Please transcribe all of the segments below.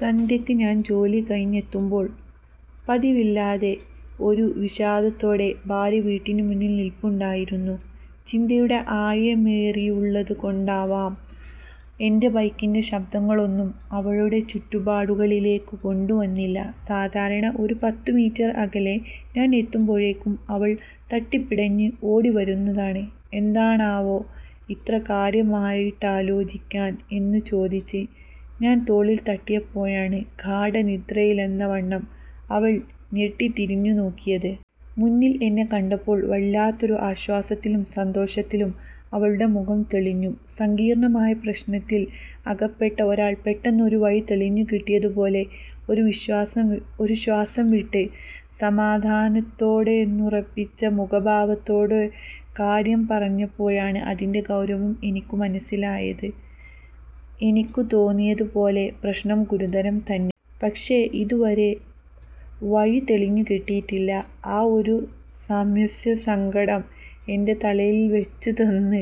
സന്ധ്യയ്ക്ക് ഞാന്‍ ജോലി കഴിഞ്ഞെത്തുമ്പോൾ പതിവില്ലാത്ത ഒരു വിഷാദത്തോടെ ഭാര്യ വീടിനുമുമ്പിൽ നില്പുണ്ടായിരുന്നു. ചിന്തയുടെ ആഴമേറെയുള്ളതുകൊണ്ടാവാം എന്‍റെ ബൈക്കിന്‍റെ ശബ്ദമൊന്നും അവളെ ചുറ്റുപ്പാടുകളിലേക്ക് കൊണ്ടുവന്നില്ല. സാധാരണ ഒരു പത്തുമീറ്റർ അകലെ ഞാന്‍ എത്തുമ്പോഴേക്കും അവള്‍ തട്ടിപ്പിടഞ്ഞ് ഓടി വരുന്നതാണ്. എന്താണാവോ ഇത്ര കാര്യമായിട്ടാലോചിക്കാൻ എന്നു ചോദിച്ച് ഞാന്‍ തോളില്‍ തട്ടിയപ്പോഴാണ് ഗാഢനിദ്രയിലെന്നവണ്ണം അവള്‍ ഞെട്ടിത്തിരിഞ്ഞു നോക്കിയത്. മുന്നില്‍ എന്നെ കണ്ടതോടെ വല്ലാത്തൊരു ആശ്വാസത്തിലും സന്തോഷത്തിലും അവളുടെ മുഖം തെളിഞ്ഞു. സങ്കീര്‍ണ്ണമായ പ്രശ്നത്തില്‍ അകപ്പെട്ട ഒരാള്‍ക്ക് പെട്ടെന്ന് ഒരു വഴി തെളിഞ്ഞു കിട്ടിയതുപോലെ. ഒന്നു ശ്വാസം വിട്ട്, സമാധാനമായെന്നുറപ്പിച്ച മുഖഭാവത്തോടെ കാര്യം പറഞ്ഞപ്പോഴാണ് അതിന്‍റെ ഗൗരവം എനിക്കു മനസ്സിലായത്. എനിക്കു തോന്നിയതുപോലെ പ്രശ്നം ഗുരുതരം തന്നെ. പക്ഷേ ഇതുവരെ ഒരു വഴി തെളിഞ്ഞു കിട്ടിയിട്ടില്ല. ആ ഒരു സമസ്യ ഒന്നടങ്കം എന്‍റെ തലയില്‍ വെച്ചു തന്ന്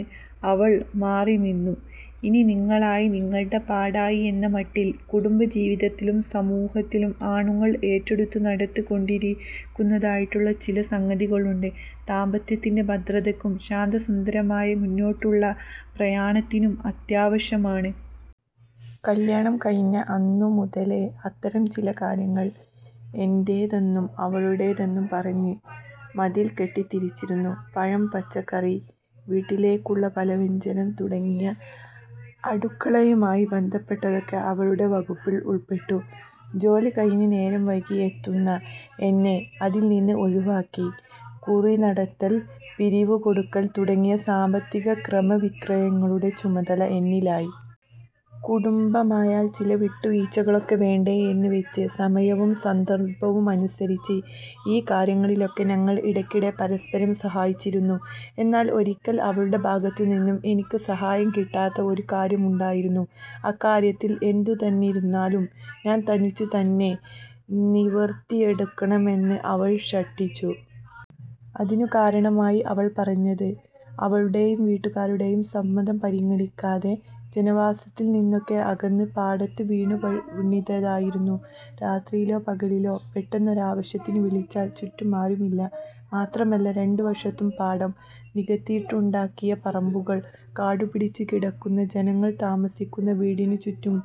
അവള്‍ മാറി നിന്നു. ഇനി നിങ്ങളായി നിങ്ങളുടെ പാടായി എന്ന മട്ടില്‍. കുടുംബ ജീവിതത്തിലും സമൂഹത്തിലും ആണുങ്ങള്‍ ഏറ്റെടുത്ത് നടത്തി കൊടുക്കേണ്ടതായിട്ടുള്ള ചില സംഗതികളുണ്ട്. ദാമ്പത്യത്തിന്‍റെ ഭദ്രതയ്ക്കും ശാന്തസുന്ദരമായ മുന്നോട്ടുള്ള പ്രയാണത്തിനും അതത്യാവശ്യമാണ്. കല്ല്യാണം കഴിഞ്ഞ അന്നു മുതലെ അത്തരം ചില കാര്യങ്ങള്‍ എന്റെതെന്നും അവളുടെതെന്നും പറഞ്ഞ് മതില്‍ കെട്ടിത്തിരിച്ചിരുന്നു. പഴം, പച്ചക്കറി വീട്ടിലേക്കുള്ള പലവ്യഞ്ജനങ്ങള്‍ തുടങ്ങി അടുക്കളയുമായി ബന്ധപ്പെട്ടതൊക്കെ അവളുടെ വകുപ്പില്‍ ഉള്‍പ്പെട്ടു. ജോലികഴിഞ്ഞ് നേരം വൈകി എത്തുന്ന എന്നെ അതില്‍ നിന്ന് ഒഴിവാക്കി. കുറി നടത്തല്‍, പിരിവു കൊടുക്കല്‍ തുടങ്ങിയ സാമ്പത്തിക ക്രയവിക്രയങ്ങളുടെ ചുമതല എന്നിലായി. കുടുംബമായാല്‍ ചില വിട്ടുവീഴ്ചകളൊക്കെ വേണ്ടെ, എന്ന് വെച്ച് സമയവൂം സന്ദര്‍ഭവും അനുസരിച്ച് ഈ കാര്യങ്ങളിലൊക്കെ ഞങ്ങള്‍ ഇടയ്ക്കിടെ പരസ്പരം സഹായിച്ചിരുന്നു. എന്നാല്‍ ഒരിക്കലും അവളുടെ ഭാഗത്തു നിന്നും എനിക്ക് സഹായം കിട്ടാത്ത ഒരു കാര്യമുണ്ടായിരുന്നു. അക്കാര്യത്തില്‍ എന്തുതന്നെയായിരുന്നാലും ഞാന്‍ തനിച്ചു തന്നെ നിവര്‍ത്തിക്കണമെന്ന് അവള്‍ ശഠിച്ചു. അതിനു കാരണമായി അവള്‍ പറഞ്ഞത് അവളുടെയും വീട്ടുകാരുടെയും സമ്മതം പരിഗണിക്കാതെ ജനവാസത്തിൽ നിന്നൊക്കെ അകന്ന് പാടത്ത് വീടു പണിതതിലായിരുന്നു. രാത്രിയിലോ പകലോ പെട്ടെന്ന് ഒരാവശ്യത്തിന് വിളിച്ചാല്‍ ചുറ്റും ആരുമില്ല. മാത്രമല്ല രണ്ടു വശത്തുമുള്ള പാടം നികത്തിയുണ്ടാക്കിയ പറമ്പുകള്‍ കാടുപിടിച്ചു കിടക്കുന്നു. ഞങ്ങള്‍ താമസിക്കുന്ന വീടിനുചുറ്റം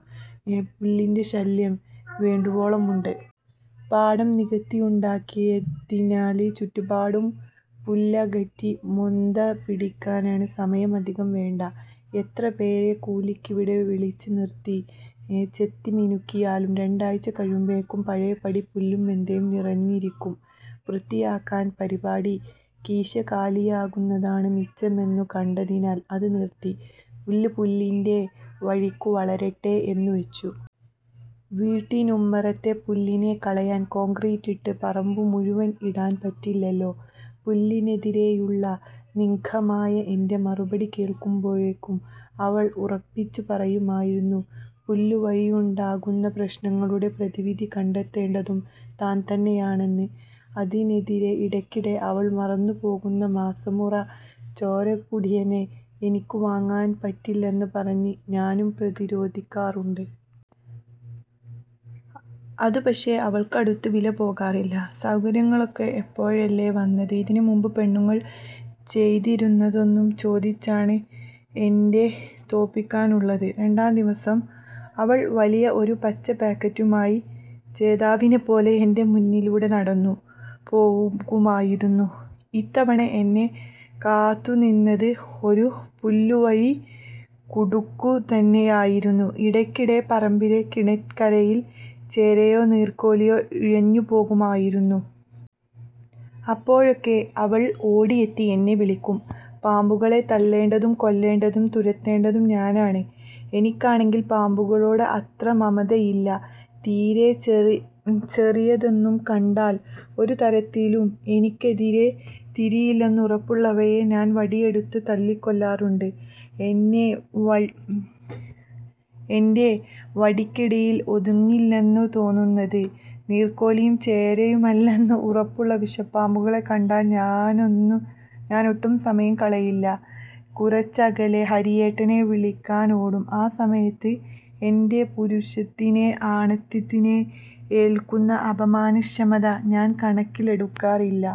പുല്ലിന്‍റെ ശല്യം വേണ്ടുവോളമുണ്ട്. പാടം നികത്തിയുണ്ടാക്കിയതിനാല് ചുറ്റുപാടും പുല്ലകയറി മൊന്ത പിടിക്കാന് സമയമധികം വേണ്ട. എത്ര പേരെ കൂലിക്കിവിടെ വിളിച്ചു നിര്‍ത്തി ചെത്തിമിനുക്കിയാലും രണ്ടാഴ്ച കഴിയുമ്പോഴെക്കും പഴയപടി പുല്ലും മൊന്തയും നിറഞ്ഞിരിക്കും. വൃത്തിയാക്കല്‍ പരിപാടിയില്‍ കീശ കാലിയാകുന്നതാണ് മിച്ചമെന്നു കണ്ടതിനാൽ അത് നിര്‍ത്തി. പുല്ല് പുല്ലിന്‍റെ വഴിക്കു വളരട്ടെ എന്നുവെച്ചു. വീടിനുമ്മറത്തെ പുല്ലിനെ കളയാന്‍ കോണ്ക്രീറ്റ് ഇട്ടു. പറമ്പു മുഴുവന്‍ ഇടാന്‍ പറ്റില്ലല്ലോ. പുല്ലിനെതിരെയുള്ള നിസ്സംഗമായ എന്‍റെ മറുപടി കേള്‍ക്കുമ്പോഴേക്കു അവള്‍ ഉറപ്പിച്ചു പറയുമായിരുന്നു, പുല്ലുവഴിയുണ്ടാകുന്ന പ്രശ്നങ്ങളുടെ പ്രതിവിധി കണ്ടെത്തേണ്ടതും ഞാന്‍ തന്നെയാണെന്ന്. അതിനെതിരെ ഇടയ്ക്കിടെ അവള്‍ മറന്നുപോകുന്ന മാസമുറ ചോരകുടിയനെ എനിക്ക് വാങ്ങാന്‍ പറ്റില്ലെന്ന് പറഞ്ഞ് ഞാനും പ്രതിരോധിക്കാറുണ്ട്. അതു പക്ഷേ അവൾക്കടുത്ത് വിലപോകാറില്ല. സൗകര്യങ്ങളൊക്കെ ഇപ്പോഴല്ലേ വന്നത് ഇതിനുമുമ്പ് പെണ്ണുങ്ങള്‍ ചെയ്തിരുന്നതെന്തെന്നും ചോദിച്ചാണ് എന്നെ തോല്പിക്കാറുള്ളത്. രണ്ടാംദിവസം അവള്‍ വലിയ ഒരു പച്ച പാക്കറ്റുമായി ജേതാവിനെ പോലെ എന്‍റെ മുന്നിലൂടെ നടന്നു പോകുമായിരുന്നു. ഇത്തവണ എന്നെ കാത്തുനിന്നത് ഒരു പുല്ലുവഴി കുടുക്കു തന്നെയായിരുന്നു. ഇടയ്ക്കിടെ പറമ്പിലും കിണറ്റിന് കരയിലും ചേരയോ നീര്‍ക്കോലിയോ ഇഴഞ്ഞു പോകുമായിരുന്നു. അപ്പോഴൊക്കെ അവള്‍ ഓടിയെത്തി എന്നെ വിളിക്കും. പാമ്പുകളെ തല്ലേണ്ടതും കൊല്ലേണ്ടതും തുരത്തേണ്ടതും ഞാനാണ്. എനിക്കാണെങ്കിൽ പാമ്പുകളോട് അത്ര മമതയില്ല. തീരെ ചെറിയതെന്നു കണ്ടാല്‍, ഒരു തരത്തിലും എനിക്കെതിരെ തിരിയില്ലെന്നുറപ്പുള്ളവയെ ഞാന്‍ വടിയെടുത്ത് തല്ലിക്കൊല്ലാറുണ്ട്. എന്‍റെ വടിക്കടിയിൽ ഒതുങ്ങില്ലെന്നു തോന്നുന്ന, നീര്ക്കോലിയും ചേരയുമെല്ലന്ന് ഉറപ്പുള്ള വിഷപാമ്പുകളെ കണ്ടാല്‍ ഞാനൊട്ടും സമയം കളയില്ല; കുറച്ചകലെയുള്ള ഹരിയേട്ടനെ വിളിക്കാനോടും. ആ സമയത്ത് എന്‍റെ പൗരുഷത്തിനോ ആണത്തത്തിനോ ഏല്‍ക്കുന്ന അപമാനക്ഷതങ്ങളെ ഞാന്‍ കണക്കിലെടുക്കാറില്ല.